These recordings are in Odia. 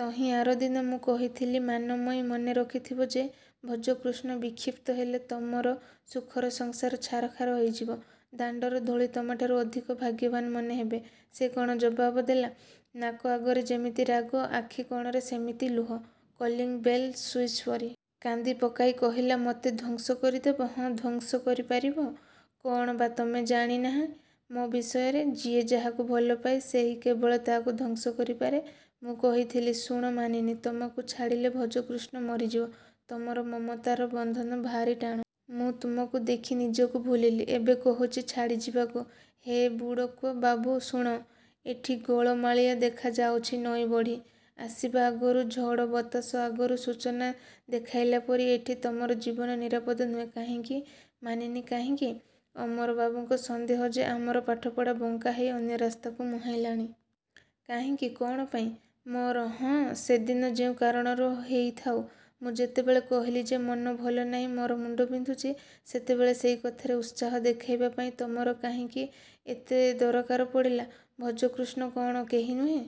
–ତହିଁ ଆରଦିନ ମୁଁ କହିଥିଲି–ମାନମୟୀ, ମନେ ରଖିଥିବ ଯେ ଭଜକୃଷ୍ଣ ବିକ୍ଷିପ୍ତ ହେଲେ ତମର ସୁଖର ସଂସାର ଛାରଖାର ହୋଇଯିବ। ଦାଣ୍ଡର ଧୂଳି ତମଠାରୁ ଅଧିକ ଭାଗ୍ୟବାନ ମନେ ହେବେ। –ସେ କ'ଣ ଜବାବ ଦେଲା? –ନାକ ଆଗରେ ଯେମିତି ରାଗ, ଆଖି କଣରେ ସେମିତି ଲୁହ–କଲିଙ୍ଗ୍ ବେଲ୍ର ସୁଇଚ୍ପରି। କାନ୍ଦି ପକାଇ କହିଲା–ମତେ ଧ୍ୱଂସ କରିଦବ? ହଁ, ଧ୍ୱଂସ କରିପାରିବ। କ'ଣ ବା ତମେ ଜାଣନାହିଁ ମୋ ବିଷୟରେ? ଯିଏ ଯାହାକୁ ଭଲପାଏ। ସେହି କେବଳ ତାହାକୁ ଧ୍ୱଂସ କରିପାରେ। –ମୁଁ କହିଥିଲି, ଶୁଣ ମାନିନୀ। ତମକୁ ଛାଡ଼ିଲେ ଭଜକୃଷ୍ଣ ମରିଯିବ। ତମର ମମତାର ବନ୍ଧନ ଭାରି ଟାଣ। ମୁଁ ତୁମକୁ ଦେଖି ନିଜକୁ ଭୁଲିଲି। ଏବେ କହୁଛ ଛାଡ଼ିଯିବାକୁ। –ହେ, ବୁଡ଼୍ବକ ବାବୁ। ଶୁଣ–ଏଠି ଗୋଳମାଳିଆ ଦେଖା ଯାଉଛି। ନଈବଢ଼ି ଆସିବା ଆଗରୁ, ଝଡ଼ବତାସ ଆଗରୁ ସୂଚନା ଦେଖାଇଲା ପରି ଏଠି ତମର ଜୀବନ ନିରାପଦ ନୁହେଁ। –କାହିଁକି, ମାନିନୀ,–କାହିଁକି? –ଅମର ବାବୁଙ୍କର ସନ୍ଦେହ ଯେ, ଆମର ପାଠପଢ଼ା ବଙ୍କା ହେଇ ଅନ୍ୟ ରାସ୍ତାକୁ ମୁହାଁଇଲାଣି। –କାହିଁକି? କ'ଣ ପାଇଁ? –ମୋର? –ହଁ। ସେଦିନ ଯେଉଁ କାରଣରୁ ହେଇଥାଉ ମୁଁ ଯେତେବେଳେ କହିଲି ଯେ, ମନ ଭଲନାହିଁ ମୋର ମୁଣ୍ଡ ବିନ୍ଧୁଛି, ସେତେବେଳେ ସେଇ କଥାରେ ଉତ୍ସାହ ଦେଖାଇବା ପାଇଁ ତମର କାହିଁକି ଏତେ ଦରକାର ପଡ଼ିଲା? –ଭଜକୃଷ୍ଣ କ'ଣ କେହି ନୁହେଁ?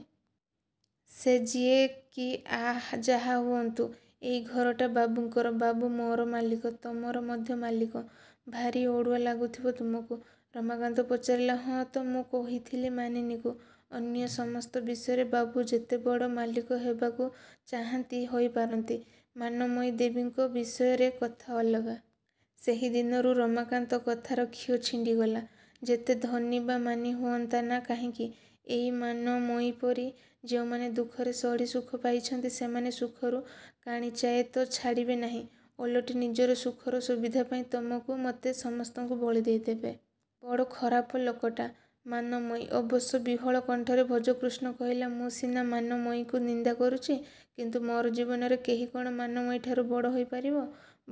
–ସେ ଯିଏ କି ଯାହା ହୁଅନ୍ତୁ, ଏଇ ଘରଟା ବାବୁଙ୍କର। ବାବୁ ମୋର ମାଲିକ। ତମର ମଧ୍ୟ ମାଲିକ। –ଭାରି ଅଡ଼ୁଆ ଲାଗିଥିବ ତୁମକୁ? ରମାକାନ୍ତ ପଚାରିଲା। –ହଁ, ତ। ମୁଁ କହିଥିଲି ମାନିନୀକୁ–ଅନ୍ୟ ସମସ୍ତ ବିଷୟରେ ବାବୁ ଯେତେବଡ଼ ମାଲିକ ହେବାକୁ ଚାହାଁନ୍ତି ହୋଇପାରନ୍ତି, ମାନମୟୀ ଦେବୀଙ୍କ ବିଷୟରେ କଥା ଅଲଗା। –ସେହିଦିନୁ ରମାକାନ୍ତ, କଥାର ଖିଅ ଛିଣ୍ଡିଗଲା। ଯେତେ ଧନୀ ବା ମାନୀ ହୁଅନ୍ତା ନା କାହିଁକି, ଏଇ ମାନମୟୀପରି ଯେଉଁମାନେ ଦୁଃଖରେ ସଢ଼ି ସୁଖ ପାଇଛନ୍ତି–ସେମାନେ ସୁଖରୁ କାଣିଚାଏ ତ ଛାଡ଼ିବେ ନାହିଁ। ଓଲଟି ନିଜର ସୁଖର ସୁବିଧା ପାଇଁ ତମକୁ–ମତେ–ସମସ୍ତଙ୍କୁ ବଳି ଦେଇ ଦେବେ। –ବଡ଼ ଖରାପ ଲୋକଟା ମାନମୟୀ। ଅବଶ ବିହ୍ୱଳ କଣ୍ଠରେ ଭଜକୃଷ୍ଣ କହିଲା–ମୁଁ ସିନା ମାନମୟୀକୁ ନିନ୍ଦା କରୁଛି; କିନ୍ତୁ ମୋର ଜୀବନରେ କେହି କ'ଣ ମାନମୟୀଠାରୁ ବଡ଼ ହୋଇପାରିବ?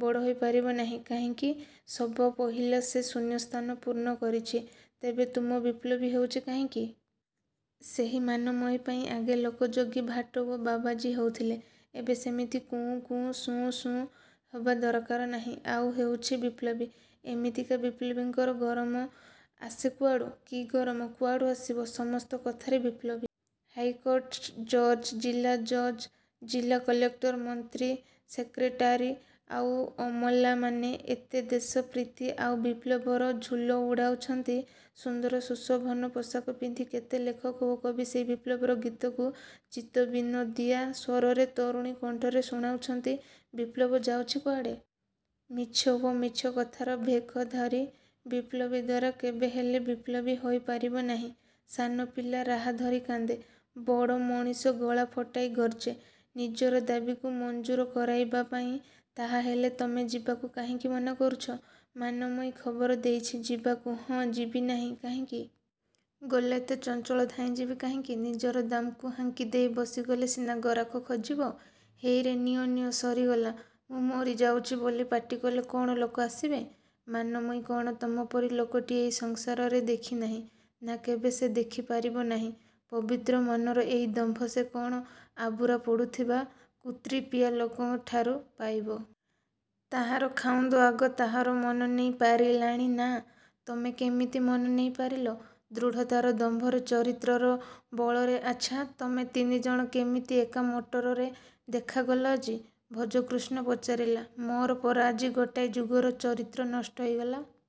–ବଡ଼ ହେଇପାରିବ ନାହିଁ, କାହିଁକି? –ସବା ପହିଲେ ସେ ଶୂନ୍ୟସ୍ଥାନ ପୂର୍ଣ୍ଣ କରିଛି। –ତେବେ ତୁମେ ବିପ୍ଳବୀ ହେଉଛ କାହିଁକି? –ସେହି ମାନମୟୀ ପାଇଁ। ଆଗେ ଲୋକ ଯୋଗୀ, ଭାଟ ଓ ବାବାଜୀ ହେଉଥିଲେ। ଏବେ ସେମିତି କୁଉଁ କୁଉଁ–ସୁଉଁ ସୁଉଁ ହବା ଦରକାର ନାହିଁ। ଆମେ ହେଉଛେ ବିପ୍ଳବୀ। –ଏମିତିକା ବିପ୍ଳବୀଙ୍କର ଗରମ ଆସେ କୁଆଡ଼ୁ? –କି ଗରମ? କୁଆଡ଼ୁ ଆସିବ? ସମସ୍ତେ କଥାରେ ବିପ୍ଳବୀ। ହାଇକୋର୍ଟ ଜଜ, ଜିଲା ଜଜ, ଜିଲା କଲେକ୍ଟର, ମନ୍ତ୍ରୀ, ସେକ୍ରେଟାରୀ ଆଉ ଅମଲାମାନେ ଏତେ ଦେଶପ୍ରୀତି ଆଉ ବିପ୍ଳବର ଝୁଲ ଉଡ଼ାଉଛନ୍ତି। ସୁନ୍ଦର ସୁଶୋଭନ ପୋଷାକ ପିନ୍ଧି କେତେ ଲେଖକ ଓ କବି ସେଇ ବିପ୍ଳବର ଗୀତକୁ ଚିତ୍ତବିନୋଦିଆ ସ୍ୱରରେ ତରୁଣୀ କଣ୍ଠରେ ଶୁଣାଉଛନ୍ତି। ବିପ୍ଳବ ଯାଉଛି କୁଆଡ଼େ? –ମିଛ ଓ ମିଛକଥାର ଭେକଧାରୀ ବିପ୍ଳବୀ ଦ୍ୱାରା କେବେ ହେଲେ ବିପ୍ଳବ ହେଇପାରିବ ନାହିଁ। ସାନପିଲା ରାହାଧରି କାନ୍ଦେ–ବଡ଼ ମଣିଷ ଗଳା ଫଟାଇ ଗର୍ଜେ–ନିଜର ଦାବୀକୁ ମଞ୍ଜୁର କରାଇବା ପାଇଁ। –ତାହାହେଲେ ତମେ ଯିବାକୁ କାହିଁକି ମନା କରୁଛ? –ମାନମୟୀ ଖବର ଦେଇଛି ଯିବାକୁ। –ହଁ, ଯିବି ନାହିଁ କାହିଁକି? ଗଲେ ଏତେ ଚଞ୍ଚଳ ଧାଇଁଯିବି କାହିଁକି? ନିଜର ଦାମ୍କୁ ହାଙ୍କିଦେଇ ବସିଗଲେ ସିନା ଗରାଖ ଖୋଜିବ। ହେଇରେ–ନିଅ–ନିଅ–ସରିଗଲା–ମୁଁ ମରିଯାଉଛି ବୋଲି ପାଟିକଲେ କ'ଣ ଲୋକ ଆସିବେ? –ମାନମୟୀ କ'ଣ ତମପରି ଲୋକଟିଏ ଏଇ ସଂସାରରେ ଦେଖିନାହିଁ। –ନା, କେବେ ସେ ଦେଖି ପାରିବ ନାହିଁ। ପବିତ୍ର ମନର ଏଇ ଦମ୍ଭ ସେ କ'ଣ ଆବୁରା ପଡ଼ୁଥିବା କୁତ୍ରିପିଆ ଲୋକଙ୍କଠାରୁ ପାଇବ? ତାହାର ଖାଉନ୍ଦ ଆଗ ତାହାର ମନ ନେଇ ପାରିଲାଣି ନା– –ତମେ କେମିତି ମନ ନେଇ ପାରିଲ? –ଦୃଢ଼ତାରେ–ଦମ୍ଭରେ–ଚରିତ୍ରର ବଳରେ।... –ଆଚ୍ଛା, ତମେ ତିନିଜଣ କେମିତି ଏକା ମଟରରେ ଦେଖାଗଲ ଆଜି? ଭଜକୃଷ୍ଣ ପଚାରିଲା। –ମୋର ପରା ଆଜି ଗୋଟାଏ ଯୁଗର ଚରିତ୍ର ନଷ୍ଟ ହେଇଗଲା।